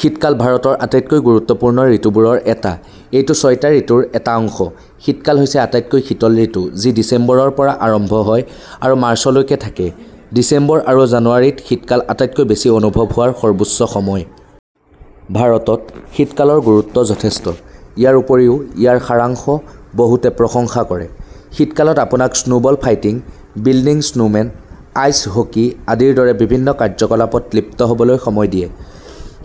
শীতকাল ভাৰতৰ আটাইতকৈ গুৰুত্বপূৰ্ণ ঋতুবোৰৰ এটা। এইটো ছয়টা ঋতুৰ এটা অংশ। শীতকাল হৈছে আটাইতকৈ শীতল ঋতু যি ডিচেম্বৰৰ পৰা আৰম্ভ হয় আৰু মাৰ্চলৈকে থাকে। ডিচেম্বৰ আৰু জানুৱাৰীত শীতকাল আটাইতকৈ বেছি অনুভৱ হোৱাৰ সৰ্বোচ্চ সময়। ভাৰতত, শীতকালৰ গুৰুত্ব যথেষ্ট। ইয়াৰ উপৰিও, ইয়াৰ সাৰাংশ বহুতে প্ৰশংসা কৰে। শীতকালত আপোনাক snowball fighting, building snowmen, ice hockey আদিৰ দৰে বিভিন্ন কাৰ্যকলাপত লিপ্ত হ'বলৈ সময় দিয়ে।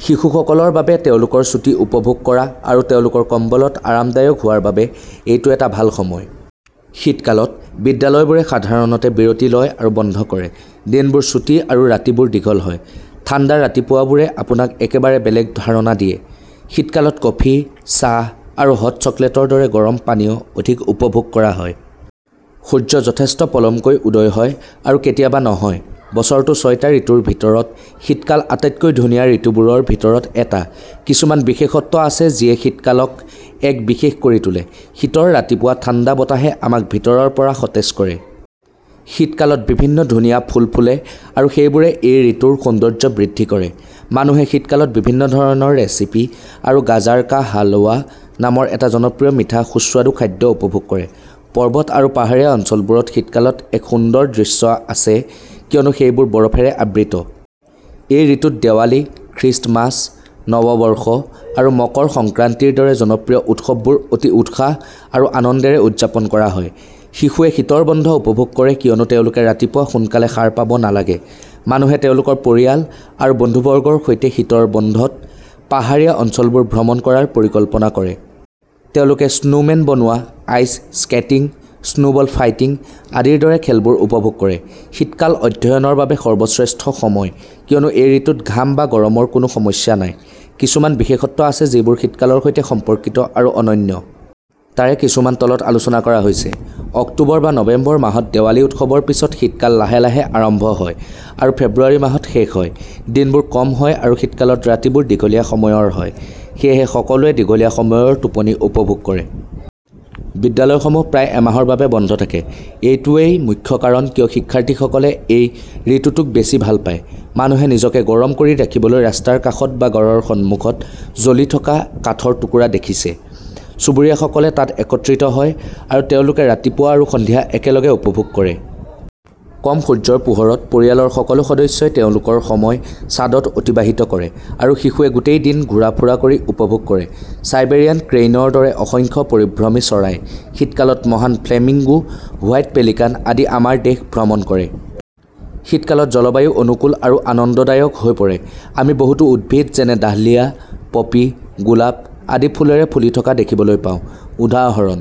শিশুসকলৰ বাবে তেওঁলোকৰ ছুটি উপভোগ কৰা আৰু তেওঁলোকৰ কম্বলত আৰামদায়ক হোৱাৰ বাবে এইটো এটা ভাল সময়। শীতকালত, বিদ্যালয়বোৰে সাধাৰণতে বিৰতি লয় আৰু বন্ধ কৰে। দিনবোৰ চুটি আৰু ৰাতিবোৰ দীঘল হয়। ঠাণ্ডা ৰাতিপুৱাবোৰে আপোনাক একেবাৰে বেলেগ ধাৰণা দিয়ে। শীতকালত কফি, চাহ আৰু হট চকলেটৰ দৰে গৰম পানীয় অধিক উপভোগ কৰা হয়। সূৰ্য যথেষ্ট পলমকৈ উদয় হয় আৰু কেতিয়াবা নহয়। বছৰটোৰ ছয়টা ঋতুৰ ভিতৰত শীতকাল আটাইতকৈ ধুনীয়া ঋতুবোৰৰ ভিতৰত এটা। কিছুমান বিশেষত্ব আছে যিয়ে শীতকালক এক বিশেষ কৰি তোলে। শীতৰ ৰাতিপুৱা ঠাণ্ডা বতাহে আমাক ভিতৰৰ পৰা সতেজ কৰে। শীতকালত বিভিন্ন ধুনীয়া ফুল ফুলে আৰু সেইবোৰে এই ঋতুৰ সৌন্দৰ্য বৃদ্ধি কৰে। মানুহে শীতকালত বিভিন্ন ধৰণৰ ৰেচিপি আৰু গাজাৰ কা হালৱা নামৰ এটা জনপ্ৰিয় মিঠা সুস্বাদু খাদ্য উপভোগ কৰে। পৰ্বত আৰু পাহাৰীয়া অঞ্চলবোৰত শীতকালত এক সুন্দৰ দৃশ্য আছে কিয়নো সেইবোৰ বৰফেৰে আবৃত। এই ঋতুত দেৱালী, খ্ৰীষ্টমাছ, নৱবৰ্ষ আৰু মকৰ সংক্ৰান্তিৰ দৰে জনপ্ৰিয় উৎসৱবোৰ অতি উৎসাহ আৰু আনন্দেৰে উদযাপন কৰা হয়। শিশুৱে শীতৰ বন্ধ উপভোগ কৰে কিয়নো তেওঁলোকে ৰাতিপুৱা সোনকালে সাৰ পাব নালাগে। মানুহে তেওঁলোকৰ পৰিয়াল আৰু বন্ধুবৰ্গৰ সৈতে শীতৰ বন্ধত পাহাৰীয়া অঞ্চলবোৰ ভ্ৰমণ কৰাৰ পৰিকল্পনা কৰে। তেওঁলোকে স্নোমেন বনোৱা, আইচ স্কেটিং, স্নোবল ফাইটিং আদিৰ দৰে খেলবোৰ উপভোগ কৰে। শীতকাল অধ্যয়নৰ বাবে সৰ্বশ্ৰেষ্ঠ সময় কিয়নো এই ঋতুত ঘাম বা গৰমৰ কোনো সমস্যা নাই। কিছুমান বিশেষত্ব আছে যিবোৰ শীতকালৰ সৈতে সম্পৰ্কিত আৰু অনন্য। তাৰে কিছুমান তলত আলোচনা কৰা হৈছে: অক্টোবৰ বা নৱেম্বৰ মাহত দেৱালী উৎসৱৰ পিছত শীতকাল লাহে লাহে আৰম্ভ হয় আৰু ফেব্ৰুৱাৰী মাহত শেষ হয়। দিনবোৰ কম হয় আৰু শীতকালত ৰাতিবোৰ দীঘলীয়া সময়ৰ হয়, সেয়েহে সকলোৱে দীঘলীয়া সময়ৰ টোপনি উপভোগ কৰে। বিদ্যালয়সমূহ প্ৰায় এমাহৰ বাবে বন্ধ থাকে; এইটো ৱেই মুখ্য কাৰণ কিয় শিক্ষাৰ্থীসকলে এই ঋতুটোক বেছি ভাল পায়। মানুহে নিজকে গৰম কৰি ৰাখিবলৈ ৰাস্তাৰ কাষত বা ঘৰৰ সন্মুখত জ্বলি থকা কাঠৰ টুকুৰা দেখিছে। চুবুৰীয়াসকলে তাত একত্ৰিত হয় আৰু তেওঁলোকে ৰাতিপুৱা আৰু সন্ধিয়া একেলগে উপভোগ কৰে। কম সূৰ্যৰ পোহৰত, পৰিয়ালৰ সকলো সদস্যই তেওঁলোকৰ সময় ছাদত অতিবাহিত কৰে আৰু শিশুৱে গোটেই দিন ঘূৰা ফুৰা কৰি উপভোগ কৰে। চাইবেৰিয়ান ক্ৰেইনৰ দৰে অসংখ্য পৰিভ্ৰমী চৰাই; শীতকালত মহান ফ্লেমিংগো, হোৱাইট পেলিকান আদি আমাৰ দেশ ভ্ৰমণ কৰে। শীতকালত জলবায়ু অনুকূল আৰু আনন্দদায়ক হৈ পৰে। আমি বহুতো উদ্ভিদ যেনে ডাহলিয়া, পপী, গোলাপ আদি ফুলেৰে ফুলি থকা দেখিবলৈ পাওঁ। উদাহৰণ: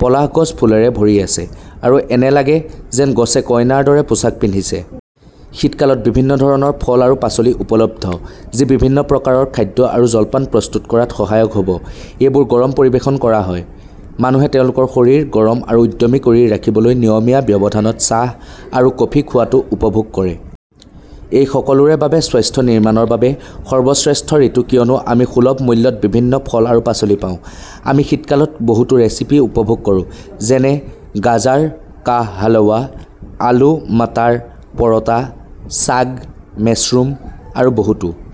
পলাশ গছ ফুলেৰে ভৰি আছে আৰু এনে লাগে যেন গছে কইনাৰ দৰে পোছাক পিন্ধিছে। শীতকালত বিভিন্ন ধৰণৰ ফল আৰু পাচলি উপলব্ধ যি বিভিন্ন প্ৰকাৰৰ খাদ্য আৰু জলপান প্ৰস্তুত কৰাত সহায়ক হ'ব। এইবোৰ গৰম পৰিৱেশন কৰা হয়। মানুহে তেওঁলোকৰ শৰীৰ গৰম আৰু উদ্যমী কৰি ৰাখিবলৈ নিয়মীয়া ব্যৱধানত চাহ আৰু কফি খোৱাটো উপভোগ কৰে। এইটো সকলোৰে বাবে স্বাস্থ্য নিৰ্মাণৰ বাবে সৰ্বশ্ৰেষ্ঠ ঋতু কিয়নো আমি সুলভ মূল্যত বিভিন্ন ফল আৰু পাচলি পাওঁ। আমি শীতকালত বহুতো ৰেচিপি উপভোগ কৰোঁ যেনে গাজাৰ কা হালৱা, আলু/মাটাৰ পৰতা, চাগ, মেছৰুম, আৰু বহুতো।